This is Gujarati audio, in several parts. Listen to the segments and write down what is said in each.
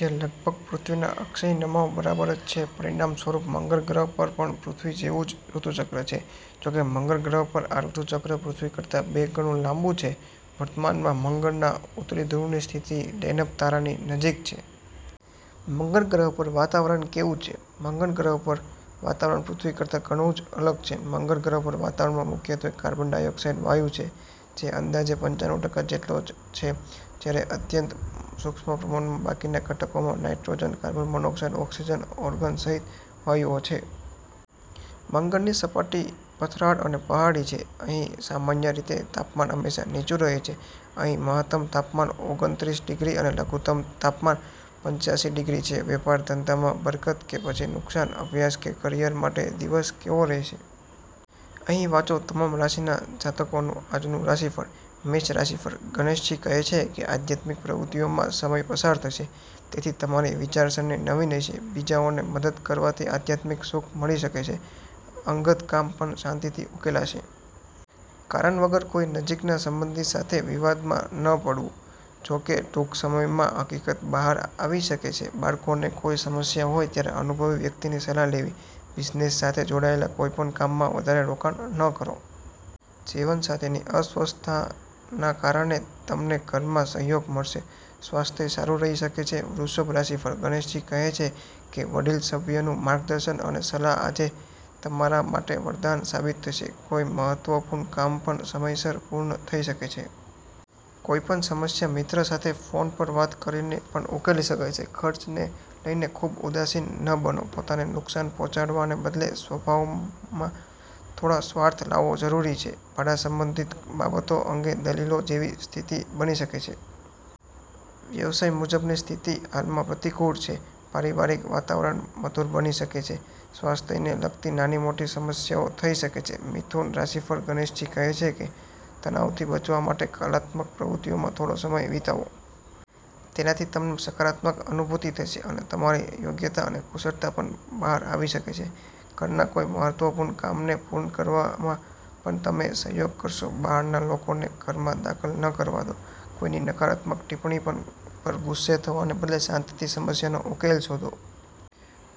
જે લગભગ પૃથ્વીના અક્ષીય નમાવ બરાબર જ છે. પરિણામ સ્વરૂપ મંગળ ગ્રહ પર પણ પૃથ્વી જેવું જ ઋતુ ચક્ર છે. જોકે મંગળ ગ્રહ પર આ ઋતુચક્ર પૃથ્વી કરતાં બે ગણું લાબું છે. વર્તમાનમાં મંગળના ઉત્તરી ધ્રુવની સ્થિતિ ડેનેબ તારાની નજીક છે. મંગળ ગ્રહ પર વાતાવરણ કેવું છે? મંગળ ગ્રહ પર વાતાવરણ પૃથ્વી કરતાં ઘણું જ અલગ છે. મંગળ ગ્રહ પર વાતાવરણમાં મુખ્યત્વે કાર્બન ડાયોક્સાઇડ વાયું છે. જે અંદાજે પંચાણુ ટકા જેટલો છે. જ્યારે અત્યંત સૂક્ષ્મ પ્રમાણમાં બાકીના ઘટકોમાં nitrogen, carbon monoxide, oxygen, argon સહિત વાયુઓ છે. મંગળની સપાટી પથરાળ અને પહાડી છે. અહીં સામાન્ય રીતે તાપમાન હંમેશા નીચું રહે છે. અહીં મહત્તમ તાપમાન ઓગણત્રીસ ડિગ્રી અને લઘુત્તમ તાપમાન પંચાશી ડિગ્રી છે. વેપાર ધંધામાં બરકત કે પછી નુકસાન, અભ્યાસ કે કરિયર માટે દિવસ કેવો રહેશે? અહીં વાંચો તમામ રાશિના જાતકોનું આજનું રાશિફળ. મેષ રાશિફળ: ગણેશજી કહે છે કે આધ્યાત્મિક પ્રવૃત્તિઓમાં સમય પસાર થશે. તેથી તમારી વિચારસરણી નવીન હશે. બીજાઓને મદદ કરવાથી આધ્યાત્મિક સુખ મળી શકે છે. અંગત કામ પણ શાંતિથી ઉકેલાશે. કારણ વગર કોઈ નજીકના સંબંધી સાથે વિવાદમાં ન પડવું. જો કે ટૂંક સમયમાં હકીકત બહાર આવી શકે છે. બાળકોને કોઈ સમસ્યા હોય ત્યારે અનુભવી વ્યક્તિની સલાહ લેવી. બિઝનેસ સાથે જોડાયેલા કોઈપણ કામમાં વધારે રોકાણ ન કરો. જીવનસાથીની અસ્વસ્થતાના કારણે તમને ઘરમાં સહયોગ મળશે. સ્વાસ્થ્ય સારું રહી શકે છે. વૃષભ રાશિફળ: ગણેશજી કહે છે કે વડીલ સભ્યનું માર્ગદર્શન અને સલાહ આજે તમારા માટે વરદાન સાબિત થશે. કોઈ મહત્વપૂર્ણ કામ પણ સમયસર પૂર્ણ થઈ શકે છે. કોઈ પણ સમસ્યા મિત્ર સાથે ફોન પર વાત કરીને પણ ઉકેલી શકાય છે. ખર્ચને લઈને ખૂબ ઉદાસીન ન બનો. પોતાને નુકસાન પહોંચાડવાને બદલે સ્વભાવમાં થોડો સ્વાર્થ લાવવો જરૂરી છે. ભાડા સંબંધિત બાબતો અંગે દલીલો જેવી સ્થિતિ બની શકે છે. વ્યવસાય મુજબની સ્થિતિ હાલમાં પ્રતિકૂળ છે. પારિવારિક વાતાવરણ મધુર બની શકે છે. સ્વાસ્થ્યને લગતી નાની-મોટી સમસ્યાઓ થઈ શકે છે. મિથુન રાશિફળ: ગણેશજી કહે છે કે તણાવથી બચવા માટે કલાત્મક પ્રવૃત્તિઓમાં થોડો સમય વિતાવો. તેનાથી તમને સકારાત્મક અનુભૂતિ થશે અને તમારી યોગ્યતા અને કુશળતા પણ બહાર આવી શકે છે. ઘરના કોઈ મહત્વપૂર્ણ કામને પૂર્ણ કરવામાં પણ તમે સહયોગ કરશો. બહારના લોકોને ઘરમાં દખલ ન કરવા દો. કોઈની નકારાત્મક ટિપ્પણી પર ગુસ્સે થવાને બદલે શાંતિથી સમસ્યાનો ઉકેલ શોધો.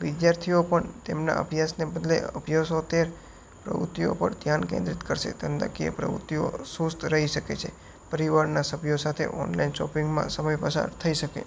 વિદ્યાર્થીઓ પણ તેમના અભ્યાસને બદલે અભ્યાસેતર પ્રવૃત્તિઓ પર ધ્યાન કેન્દ્રિત કરશે. ધંધાકીય પ્રવૃત્તિઓ સુસ્ત રહી શકે છે. પરિવારના સભ્યો સાથે ઓનલાઈન શોપિંગમાં સમય પસાર થઈ શકે.